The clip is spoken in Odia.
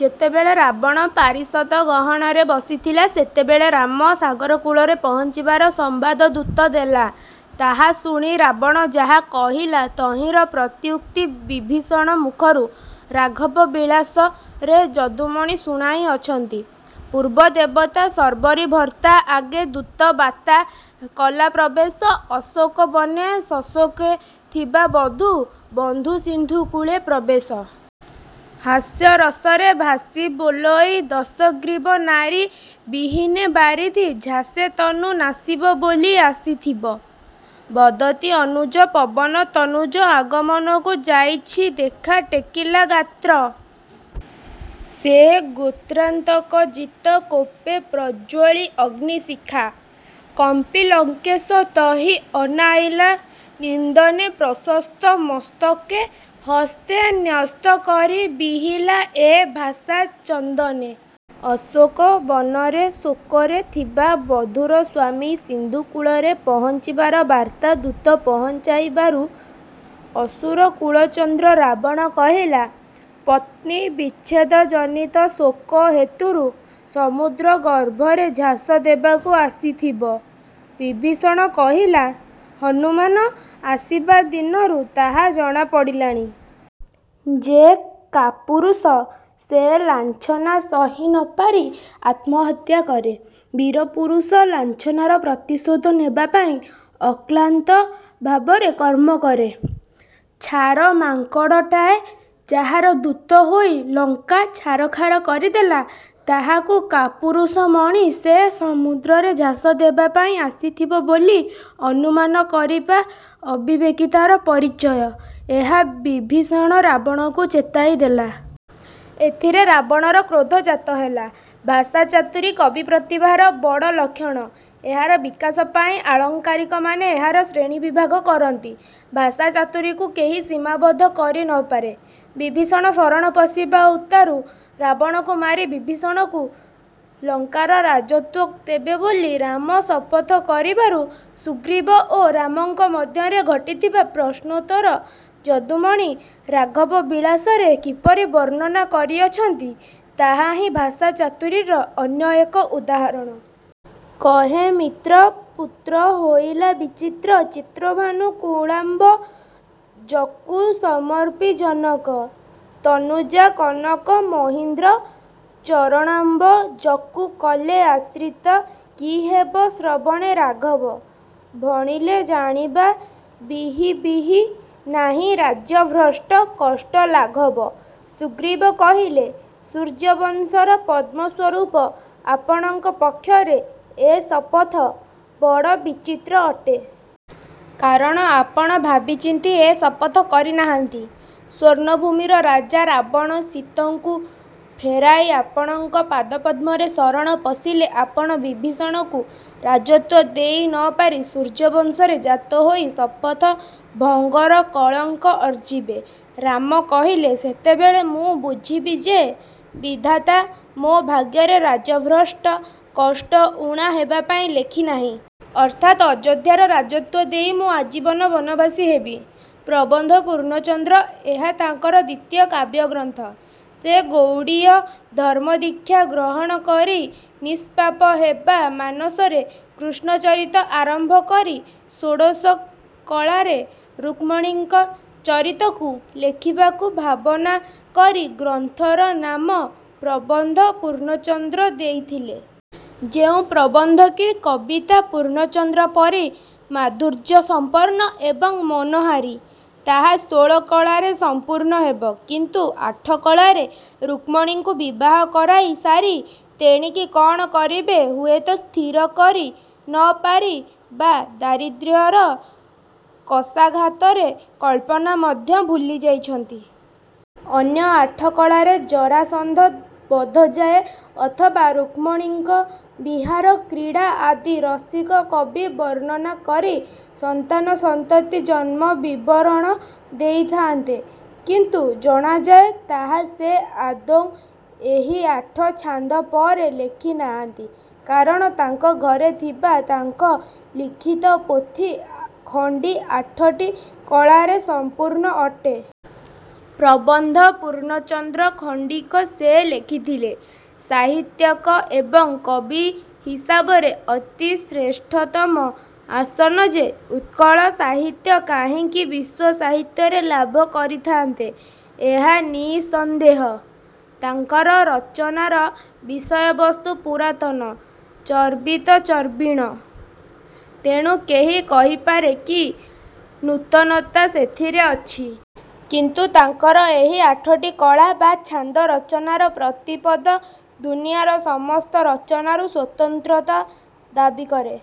ଯେତେବେଳେ ରାବଣ ପାରିଷଦଗହଣରେ ବସିଥିଲା ସେତେବେଳେ ରାମ ସାଗରକୂଳରେ ପହଞ୍ଚିବାର ସମ୍ବାଦ ଦୂତ ଦେଲା। ତାହା ଶୁଣି ରାବଣ ଯାହା କହିଲା ତହିଁର ପ୍ରତ୍ୟୁକ୍ତି ବିଭୀଷଣ ମୁଖରୁ ''ରାଘବ ବିଳାସ" ରେ ଯଦୁମଣି ଶୁଣାଇଅଛନ୍ତି- ପୂର୍ବ ଦେବତା ଶର୍ବରୀ ଭର୍ତ୍ତା ଆଗେ ଦୂତ ବାତ୍ତା କଲା ପ୍ରବେଶ ଅଶୋକ ବନେ ସଶୋକେ ଥିବା ବଧୂ− ବନ୍ଧୁ ସିନ୍ଧୁ କୂଳେ ପ୍ରବେଶ। ହାସ୍ୟ ରସରେ - ଭାସି ବୋଲଇ ଦଶଗ୍ରୀବ ନାରୀ ବିହୀନେ ବାରିଧି−ଝାସେ ତନୁ ନାଶିବ ବୋଲି ଆସିଥିବ। ବଦତି ଅନୁଜ ପବନ ତନୁଜ ଆଗମନୁ ଯାଇଛି ଦେଖା ଟେକିଲା ଗାତ୍ର ସେ ଗୋତ୍ରାନ୍ତକ ଜିତ କୋପେ ପ୍ରଜ୍ୱଳି ଅଗ୍ନିଶିଖା। କମ୍ପି ଲଙ୍କେଶ ତହି ଅନାଇଲା ନିନ୍ଦନେ ପ୍ରଶସ୍ତ ମସ୍ତକେ ହସ୍ତେ ନ୍ୟସ୍ତ କରି ବିହିଲା ଏ ଭାଷା ଚନ୍ଦନେ। ଅଶୋକ ବନରେ ଶୋକରେ ଥିବା ବଧୂର ସ୍ୱାମୀ ସିନ୍ଧୁକୂଳରେ ପହଞ୍ଚିବାର ବାର୍ତ୍ତା ଦୁତ ପହଞ୍ଚାଇବାରୁ ଅସୁର କୁଳଚନ୍ଦ୍ର ରାବଣ କହିଲା, 'ପତ୍ନୀ ବିଚ୍ଛେଦଜନିତ ଶୋକ ହେତୁରୁ ସମୁଦ୍ର ଗର୍ଭରେ ଝାସ ଦେବାକୁ ଆସିଥିବ। ' ବିଭୀଷଣ କହିଲା ''ହନୁମାନ ଆସିବା ଦିନରୁ ତାହା ଜଣା ପଡ଼ିଲାଣି। " ଯେ କାପୁରୁଷ, ସେ ଲାଞ୍ଛନା ସହି ନ ପାରି ଆତ୍ମହତ୍ୟା କରେ। ବୀର ପୁରୁଷ ଲାଞ୍ଛନାର ପ୍ରତିଶୋଧ ନେବାପାଇଁ ଅକ୍ଲାନ୍ତ ଭାବରେ କର୍ମ କରେ। ଛାର ମାଙ୍କଡ଼ଟାଏ ଯାହାର ଦୂତ ହୋଇ ଲଙ୍କା ଛାରଖାର କରିଦେଲା, ତାହାକୁ କାପୁରୁଷ ମଣି ସେ ସମୁଦ୍ରରେ ଝାସ ଦେବା ପାଇଁ ଆସିଥିବ ବୋଲି ଅନୁମାନ କରିବା ଅବିବେକିତାର ପରିଚୟ-ଏହା ବିଭୀଷଣ ରାବଣକୁ ଚେତାଇ ଦେଲା। ଏଥିରେ ରାବଣର କ୍ରୋଧ ଜାତ ହେଲା। ଭାଷା ଚାତୁରୀ କବି ପ୍ରତିଭାର ବଡ଼ ଲକ୍ଷଣ। ଏହାର ବିକାଶ ପାଇଁ ଆଳଙ୍କାରିକମାନେ ଏହାର ଶ୍ରେଣୀ ବିଭାଗ କରନ୍ତି। ଭାଷା ଚାତୁରୀକୁ କେହି ସୀମାବଦ୍ଧ କରି ନ ପାରେ। ବିଭୀଷଣ ଶରଣ ପଶିବା ଉତ୍ତାରୁ ରାବଣକୁ ମାରି ବିଭୀଷଣକୁ ଲଙ୍କାର ରାଜତ୍ୱ ଦେବେ ବୋଲି ରାମ ଶପଥ କରିବାରୁ ସୁଗ୍ରୀବ ଓ ରାମଙ୍କ ମଧ୍ୟରେ ଘଟିଥିବା ପ୍ରଶ୍ନୋତ୍ତର ଯଦୁମଣି 'ରାଘବ ବିଳାସ'ରେ କିପରି ବର୍ଣ୍ଣନା କରି ଅଛନ୍ତି, ତାହାହିଁ ଭାଷା ଚାତୁରୀର ଅନ୍ୟ ଏକ ଉଦାହରଣ। କହେ ମିତ୍ର ପୁତ୍ର ହୋଇଲା ବିଚିତ୍ର ଚିତ୍ରଭାନୁ କୁଳାମ୍ବ ଜକୁ ସମର୍ପି ଜନକ−ତନୁଜା କନକ− ମହୀନ୍ଦ୍ର ଚରଣାମ୍ବ ଜକୁ କଲେ ଆଶ୍ରିତ କି ହେବ ଶ୍ରବଣେ ରାଘବ, ଭଣିଲେ ଜାଣିବା ବିହି ବିହି ନାହିଁ ରାଜ୍ୟ ଭ୍ରଷ୍ଟ କଷ୍ଟ ଲାଘବ। ସୁଗ୍ରୀବ କହିଲେ- ''ସୂର୍ଯ୍ୟବଂଶର ପଦ୍ମସ୍ୱରୁପ ଆପଣଙ୍କ ପକ୍ଷରେ ଏ ଶପଥ ବଡ଼ ବିଚିତ୍ର ଅଟେ। କାରଣ ଆପଣ ଭାବି ଚିନ୍ତି ଏ ଶପଥ କରିନାହାନ୍ତି। ସ୍ୱର୍ଣ୍ଣଭୂମିର ରାଜା ରାବଣ ସୀତଙ୍କୁ ଫେରାଇ ଆପଣଙ୍କ ପାଦପଦ୍ମରେ ଶରଣ ପଶିଲେ ଆପଣ ବିଭୀଷଣକୁ ରାଜତ୍ୱ ଦେଇ ନ ପାରି ସୂର୍ଯ୍ୟବଂଶରେ ଜାତ ହୋଇ ଶପଥ−ଭଙ୍ଗର କଳଙ୍କ ଅର୍ଜିବେ। "ରାମ କହିଲେ, ''ସେତେବେଳେ ମୁଁ ବୁଝିବି ଯେ, ବିଧାତା ମୋ ଭାଗ୍ୟରେ ରାଜ୍ୟଭ୍ରଷ୍ଟ−କଷ୍ଟ ଊଣା ହେବା ପାଇଁ ଲେଖିନାହିଁ। ଅର୍ଥାତ୍ ଅଯୋଧ୍ୟାର ରାଜତ୍ୱ ଦେଇ ମୁଁ ଆଜୀବନ ବନବାସୀ ହେବି। " ପ୍ରବନ୍ଧ ପୂର୍ଣ୍ଣଚନ୍ଦ୍ର ଏହା ତାଙ୍କର ଦ୍ୱିତୀୟ କାବ୍ୟଗ୍ରନ୍ଥ। ସେ ଗୌଡ଼ୀୟ ଧର୍ମ୍ମଦୀକ୍ଷା ଗ୍ରହଣ କରି ନିଷ୍ପାପ ହେବା ମାନସରେ କୃଷ୍ଣ ଚରିତ ଆରମ୍ଭ କରି ଷୋଡ଼ଶ କଳାରେ ଋକ୍ମିଣୀଙ୍କ ଚରିତକୁ ଲେଖିବାକୁ ଭାବନା କରି ଗ୍ରନ୍ଥର ନାମ ପ୍ରବନ୍ଧ ପୂର୍ଣ୍ଣଚନ୍ଦ୍ର ଦେଇଥିଲେ। ଯେଉଁ ପ୍ରବନ୍ଧ କି କବିତା ପୂର୍ଣ୍ଣଚନ୍ଦ୍ର ପରି ମାଧୁର୍ଯ୍ୟସମ୍ପନ୍ନ ଏବଂ ମନୋହାରୀ, ତାହା ଷୋଳ କଳାରେ ସଂପୂର୍ଣ୍ଣ ହେବ। କିନ୍ତୁ ଆଠ କଳାରେ ରୁକ୍ମଣୀଙ୍କୁ ବିବାହ କରାଇ ସାରି ତେଣିକି କଣ କରିବେ ହୁଏତ ସ୍ଥିର କରି ନ ପାରି ବା ଦାରିଦ୍ର୍ୟର କଷାଘାତରେ କଳ୍ପନା ମଧ୍ୟ ଭୁଲି ଯାଇଛନ୍ତି। ଅନ୍ୟ ଆଠ କଳାରେ ଜରାସନ୍ଧ ବଧଯାଏ ଅଥବା ରୁକ୍ମଣୀଙ୍କ ବିହାର କ୍ରୀଡ଼ା ଆଦି ରସିକ କବି ବର୍ଣ୍ଣନା କରି ସନ୍ତାନସନ୍ତତି ଜନ୍ମ ବିବରଣ ଦେଇଥାନ୍ତେ-। କିନ୍ତୁ ଜଣାଯାଏ ତାହା ସେ ଆଦୌ ଏହି ଆଠ ଛାନ୍ଦ ପରେ ଲେଖି ନାହାନ୍ତି। କାରଣ ତାଙ୍କ ଘରେ ଥିବା ତାଙ୍କ ଲିଖିତ ପୋଥି ଖଣ୍ଡି ଆଠଟି କଳାରେ ସଂପୂର୍ଣ୍ଣ ଅଟେ। ପ୍ରବନ୍ଧ ପୂର୍ଣ୍ଣଚନ୍ଦ୍ର ଖଣ୍ଡିକ ସେ ଲେଖିଥିଲେ, ସାହିତ୍ୟକ ଏବଂ କବି ହିସାବରେ ଅତି ଶ୍ରେଷ୍ଠତମ ଆସନ ଯେ ଉତ୍କଳ ସାହିତ୍ୟ କାହିଁକି ବିଶ୍ୱ ସାହିତ୍ୟରେ ଲାଭ କରିଥାନ୍ତେ, ଏହା ନିଃସନ୍ଦେହ। ତାଙ୍କର ରଚନାର ବିଷୟବସ୍ତୁ ପୁରାତନ ଚର୍ବିତ ଚର୍ବିଣ। ତେଣୁ କେହି କହିପାରେ କି ନୂତନତା ସେଥିରେ ଅଛି? କିନ୍ତୁ ତାଙ୍କର ଏହି ଆଠଟି କଳା ବା ଛାନ୍ଦ ରଚନାର ପ୍ରତିପଦ ଦୁନିଆର ସମସ୍ତ ରଚନାରୁ ସ୍ୱତନ୍ତ୍ରତା ଦାବି କରେ।